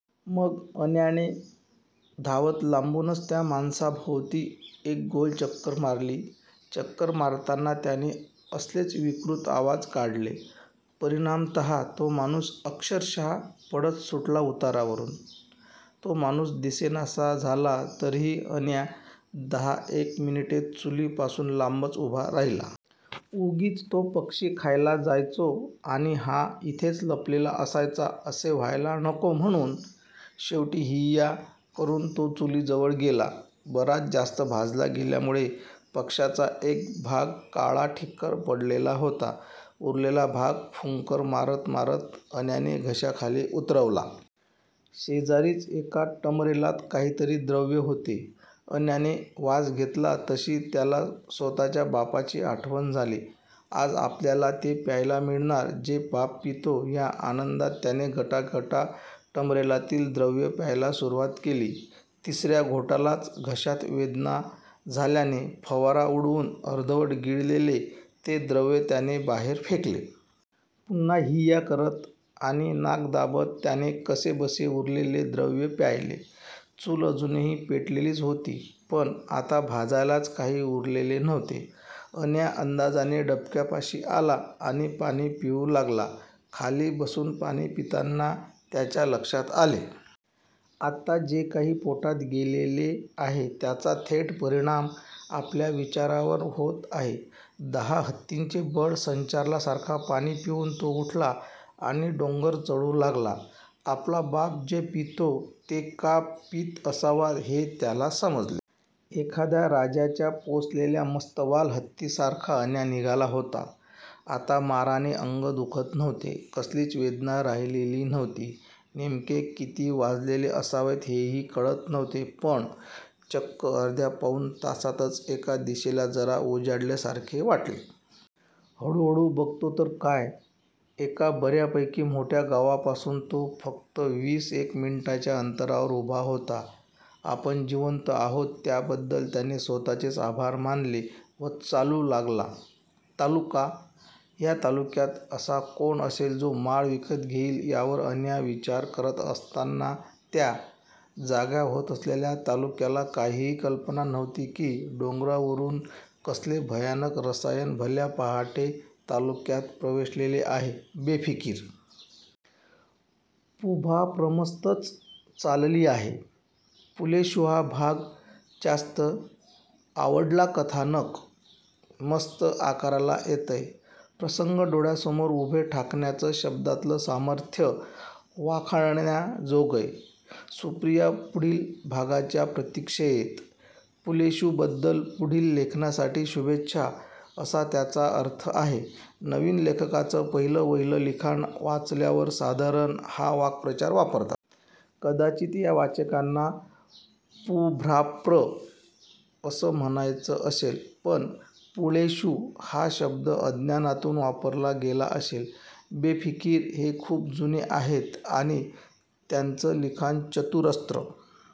मग अन्याने धावत लांबूनच त्या माणसाभोवती एक गोल चक्कर मारली. चक्कर मारताना त्याने असलेच विकृत आवाज काढले. परिणामतः तो माणूस अक्षरशः पळत सुटला उतारावरून! तो माणूस दिसेनासा झाला तरीही अन्या दहा एक मिनिटे चुलीपासून लांबच उभा राहिला. उगीच तो पक्षी खायला जायचो आणि हा इथेच लपलेला असायचा असे व्हायला नको म्हणून! शेवटी हिय्या करून तो चुलीजवळ गेला. बराच जास्त भाजला गेल्यामुळे पक्ष्याचा एक भाग काळा ठिक्कर पडलेला होता. उरलेला भाग फुंकर मारत मारत अन्याने घशाखाली उतरवला. शेजारीच एका टमरेलात काहीतरी द्रव्य होते. अन्याने वास घेतला तशी त्याला स्वतःच्या बापाची आठवण झाली. आज आपल्याला ते प्यायला मिळणार जे बाप पितो या आनंदात त्याने गटागटा टमरेलातील द्रव्य प्यायला सुरुवात केली. तिसर्या घोटालाच घशात वेदना झाल्याने फवारा उडवून अर्धवट गिळलेले ते द्रव्य त्याने बाहेर फेकले. पुन्हा हिय्या करत आणि नाक दाबत त्याने कसेबसे उरलेले द्रव्य प्यायले. चूल अजुनही पेटलेलीच होती. पण आता भाजायलाच काही उरलेले नव्हते. अन्या अंदाजाने डबक्यापाशी आला आणि पाणी पिऊ लागला. खाली बसून पाणी पिताना त्याच्या लक्षात आले. आत्ता जे काही पोटात गेलेले आहे त्याचा थेट परिणाम आपल्या विचारांवर होत आहे. दहा हत्तींचे बळ संचारल्यासारखा पाणी पिऊन तो उठला आणि डोंगर चढू लागला. आपला बाप जे पितो ते का पीत असावा हे त्याला समजले. एखाद्या राजाच्या पोसलेल्या मस्तवाल हत्तीसारखा अन्या निघाला होता. आता माराने अंग दुखत नव्हते. कसलीच वेदना राहिलेली नव्हती. नेमके किती वाजलेले असावेत हेही कळत नव्हते. पण चक्क अर्ध्या पाऊण तासातच एका दिशेला जरा उजाडल्यासारखे वाटले. हळूहळू बघतो तर काय? एका बर्यापैकी मोठ्या गावापासून तो आता फक्त वीस एक मिनिटांच्या अंतरावर उभा होता. आपण जिवंत आहोत याबद्दल त्याने स्वतःचेच आभार मानले व चालू लागला. तालुका! या तालुक्यात असा कोण असेल जो माळ विकत घेईल यावर अन्या विचार करत असतानात्या जाग्या होत असलेल्या तालुक्याला काहीही कल्पना नव्हती की डोंगरावरून कसले भयानक रसायन भल्या पहाटे तालुक्यात प्रवेशलेले आहे-'बेफिकीर'! पुभाप्रमस्तच चालली आहे!!!!!!!!!!! पुलेशुहा भाग जास्त आवडलाकथानक मस्त आकाराला येतय. प्रसंग डोळ्यासमोर उभे ठाकण्याच शब्दातल सामर्थ्य वाखाणण्याजोगयं. -सुप्रियापुढील भागाच्या प्रतिक्षेत!!!!!!!!!!!!! पुलेशु बद्दल पुढील लेखनासाठी शुभेच्छा असा त्याचा अर्थ आहे. नवीन लेखकांचं पहिलंवहिलं लिखाण वाचल्यावर साधारण हा वाकप्रचार वापरतात. कदाचित या वाचकांना पुभाप्र असं म्हणायचं असेल, पण पुलेशु हा शब्द अज्ञानातून वापरला गेला असेल. बेफिकीर हे खूप जुने आहेत आणि त्यांचं लिखाण चतुरस्त्र